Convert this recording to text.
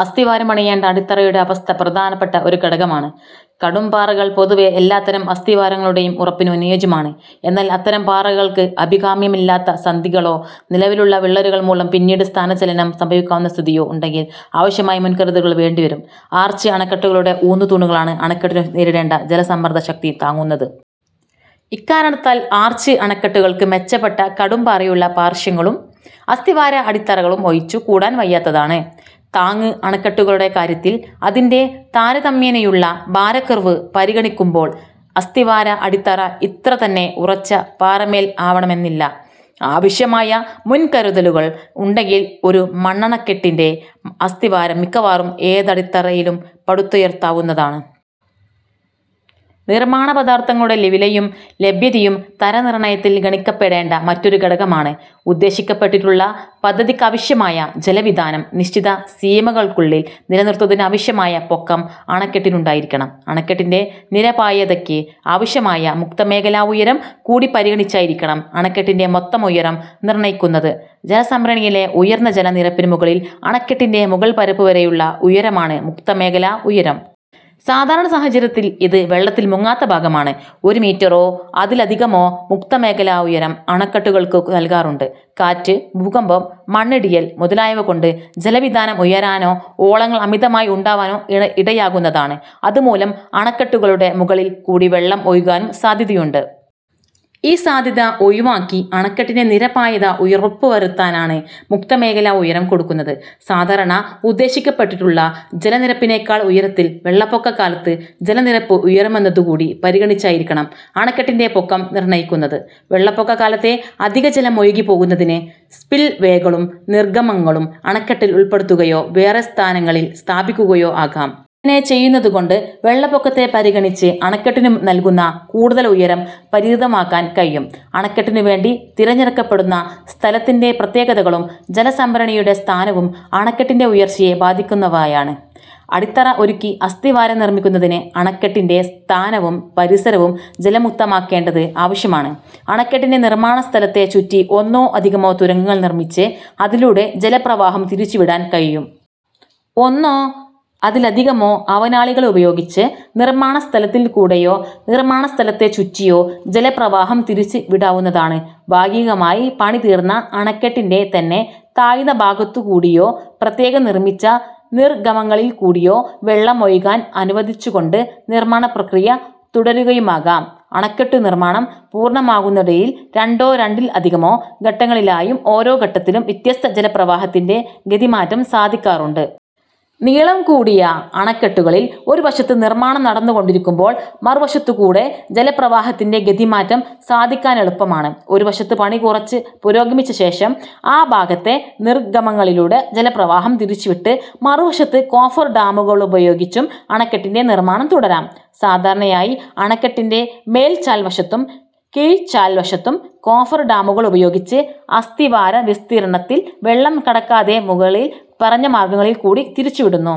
അസ്ഥിവാരം പണിയേണ്ട അടിത്തറയുടെ അവസ്ഥ പ്രധാനപ്പെട്ട ഒരു ഘടകമാണ്. കടുംപാറകൾ പൊതുവേ എല്ലാത്തരം അസ്ഥിവാരങ്ങളുടെയും ഉറപ്പിന് അനുയോജ്യമാണ്. എന്നാൽ അത്തരം പാറകൾക്ക് അഭികാമ്യമല്ലാത്ത സന്ധികളൊ, നിലവിലുള്ള വിള്ളലുകൾ മൂലം പിന്നീട് സ്ഥാന ചലനം സംഭവിക്കാവുന്ന സ്ഥിതിയോ ഉണ്ടെങ്കിൽ ആവശ്യമായ മുൻകരുതലുകൾ വേണ്ടി വരും. ആർച്ച് അണക്കെട്ടുകളുടെ ഊന്നു തൂണുകളാണ് അണക്കെട്ടിനു നേരിടേണ്ട ജലസമ്മർദ്ദ ശക്തി താങ്ങുന്നത്. ഇക്കാരണത്താൽ ആർച്ച് അണക്കെട്ടുകൾക്ക് മെച്ചപ്പെട്ട കടുംപാറയുള്ള പാർശ്വങ്ങളും, അസ്ഥിവാര അടിത്തറകളും ഒഴിച്ചു കൂടാൻ വയ്യാത്തതാണ്. താങ്ങ് അണക്കെട്ടുകളുടെ കാര്യത്തിൽ, അതിന്റെ താരതമ്യേനയുള്ള ഭാരക്കുറവ് പരിഗണിക്കുമ്പോൾ അസ്ഥിവാര-അടിത്തറ ഇത്ര തന്നെ ഉറച്ച പാറമേൽ ആവണമെന്നില്ല. ആവശ്യമായ മുൻകരുതലുകൾ ഉണ്ടെങ്കിൽ ഒരു മണ്ണണക്കെട്ടിന്റെ അസ്ഥിവാരം മിക്കവാറും ഏതടിത്തറയിലും പടുത്തുയർത്താവുന്നതാണ്. നിർമ്മാണ പദാർഥങ്ങളുടെ വിലയും ലഭ്യതയും തര നിർണയത്തിൽ ഗണിക്കപ്പെടേണ്ട മറ്റൊരു ഘടകമാണ്. ഉദ്ദേശിക്കപ്പെട്ടിട്ടുള്ള പദ്ധതിക്കാവശ്യമായ ജല വിതാനം നിശ്ചിത സീമകൾക്കുള്ളിൽ നിലനിർത്തുന്നതിനാവശ്യമായ പൊക്കം അണക്കെട്ടിനുണ്ടായിരിക്കണം. അണക്കെട്ടിന്റെ നിരപായതയ്ക്ക് ആവശ്യമായ മുക്തമേഖലാ-ഉയരം കൂടി പരിഗണിച്ചായിരിക്കണം അണക്കെട്ടിന്റെ മൊത്തം ഉയരം നിർണ്ണ്ണയിക്കുന്നത്. ജലസംഭരണിയിലെ ഉയർന്ന ജല നിരപ്പിനു മുകളിൽ അണക്കെട്ടിന്റെ മുകൾപരപ്പുവരെയുള്ള ഉയരമാണ് മുക്ത മേഖലാ ഉയരം. സാധാരണ സാഹചര്യത്തിൽ ഇത് വെള്ളത്തിൽ മുങ്ങാത്ത ഭാഗമാണ്. ഒരു മീറ്ററോ അതിലധികമോ മുക്ത മേഖലാ ഉയരം അണക്കെട്ടുകൾക്കു നൽകാറുണ്ട്. കാറ്റ്, ഭൂകമ്പം, മണ്ണിടിയൽ മുതലായവ കൊണ്ട് ജല വിതാനം ഉയരാനോ, ഓളങ്ങൾ അമിതമായി ഉണ്ടാവാനോ ഇടയാകുന്നതാണ്. അതുമൂലം അണക്കെട്ടുകളുടെ മുകളിൽ കൂടി വെള്ളം ഒഴുകാനും സാദ്ധ്യതയുണ്ട്. ഈ സാദ്ധ്യത ഒഴിവാക്കി അണക്കെട്ടിന്റെ നിരപായത ഉറപ്പു വരുത്താനാണ് മുക്തമേഖലാ-ഉയരം കൊടുക്കുന്നത്. സാധാരണ ഉദ്ദേശിക്കപ്പെട്ടിട്ടുള്ള ജലനിരപ്പിനേക്കാൾ ഉയരത്തിൽ വെള്ളപ്പൊക്ക കാലത്ത് ജലനിരപ്പ് ഉയരുമെന്നതു കൂടി പരിഗണിച്ചായിരിക്കണം അണക്കെട്ടിന്റെ പൊക്കം നിർണ്ണ്ണയിക്കുന്നത്. വെള്ളപ്പൊക്ക കാലത്തെ അധിക ജലം ഒഴുകി പോകുന്നതിന് സ്പിൽവേകളും നിർഗ്ഗമങ്ങളും അണക്കെട്ടിൽ ഉൾപ്പെടുത്തുകയൊ, വേറെ സ്ഥാനങ്ങളിൽ സ്ഥാപിക്കുകയൊ ആകാം. ഇങ്ങനെ ചെയ്യുന്നതു കൊണ്ട് വെള്ളപ്പൊക്കത്തെ പരിഗണിച്ച് അണക്കെട്ടിനു നൽകുന്ന കൂടുതൽ ഉയരം പരിമിതമാക്കാൻ കഴിയും. അണക്കെട്ടിനു വേണ്ടി തിരഞ്ഞെടുക്കപ്പെടുന്ന സ്ഥലത്തിന്റെ പ്രത്യേകതകളും ജലസംഭരണിയുടെ സ്ഥാനവും അണക്കെട്ടിന്റെ ഉയർച്ചയെ ബാധിക്കുന്നവയാണ്. അടിത്തറ ഒരുക്കി അസ്ഥിവാരം നിർമ്മിക്കുന്നതിന് അണക്കെട്ടിന്റെ സ്ഥാനവും പരിസരവും ജലമുക്തമാക്കേണ്ടത് ആവശ്യമാണ്. അണക്കെട്ടിന്റെ നിർമ്മാണ സ്ഥലത്തെ ചുറ്റി ഒന്നോ അധികമോ തുരങ്കങ്ങൾ നിർമ്മിച്ച് അതിലൂടെ ജല പ്രവാഹം തിരിച്ചു വിടാൻ കഴിയും. ഒന്നോ അതിലധികമോ അവനാളികൾ ഉപയോഗിച്ച് നിർമ്മാണ സ്ഥലത്തിൽ കൂടെയോ, നിർമ്മാണ സ്ഥലത്തെ ചുറ്റിയോ ജല പ്രവാഹം തിരിച്ചു വിടാവുന്നതാണ്. ഭാഗികമായി പണി തീർന്ന അണക്കെട്ടിന്റെ തന്നെ താഴ്ന്ന ഭാഗത്തു കൂടിയോ പ്രത്യേകം നിർമ്മിച്ച നിർഗമങ്ങളിൽകൂടിയോ വെള്ളം ഒഴുകാൻ അനുവദിച്ചു കൊണ്ട് നിർമ്മാണ പ്രക്രിയ തുടരുകയുമാകാം. അണക്കെട്ടു നിർമ്മാണം പൂർണമാകുന്നതിനിടയിൽ രണ്ടോ രണ്ടിൽ അധികമോ ഘട്ടങ്ങളിലായും ഓരോ ഘട്ടത്തിലും വ്യത്യസ്ത ജലപ്രവാഹത്തിന്റെ ഗതി മാറ്റം സാധിക്കാറുണ്ട്. നീളം കൂടിയ അണക്കെട്ടുകളിൽ ഒരുവശത്ത് നിർമ്മാണം നടന്നുകൊണ്ടിരിക്കുമ്പോൾ മറുവശത്തുകൂടെ ജലപ്രവാഹത്തിന്റെ ഗതിമാറ്റം സാധിക്കാനെളുപ്പമാണ്. ഒരുവശത്ത് പണി കുറച്ച് പുരോഗമിച്ചശേഷം ആ ഭാഗത്തെ നിർഗമങ്ങളിലൂടെ ജലപ്രവാഹം തിരിച്ചുവിട്ട് മറുവശത്ത് കോഫർഡാമുകളുപയോഗിച്ചും അണക്കെട്ടിന്റെ നിർമ്മാണം തുടരാം. സാധാരണയായി അണക്കെട്ടിന്റെ മേൽചാൽവശത്തിലും കീഴ്ചാൽവശത്തിലും കോഫർഡാമുകൾ ഉപയോഗിച്ച് അസ്തിവാരവിസ്തീർണത്തിൽ വെള്ളം കടക്കാതെ മുകളിൽ പറഞ്ഞ മാർഗങ്ങളിൽ കൂടി തിരിച്ചുവിടുന്നു.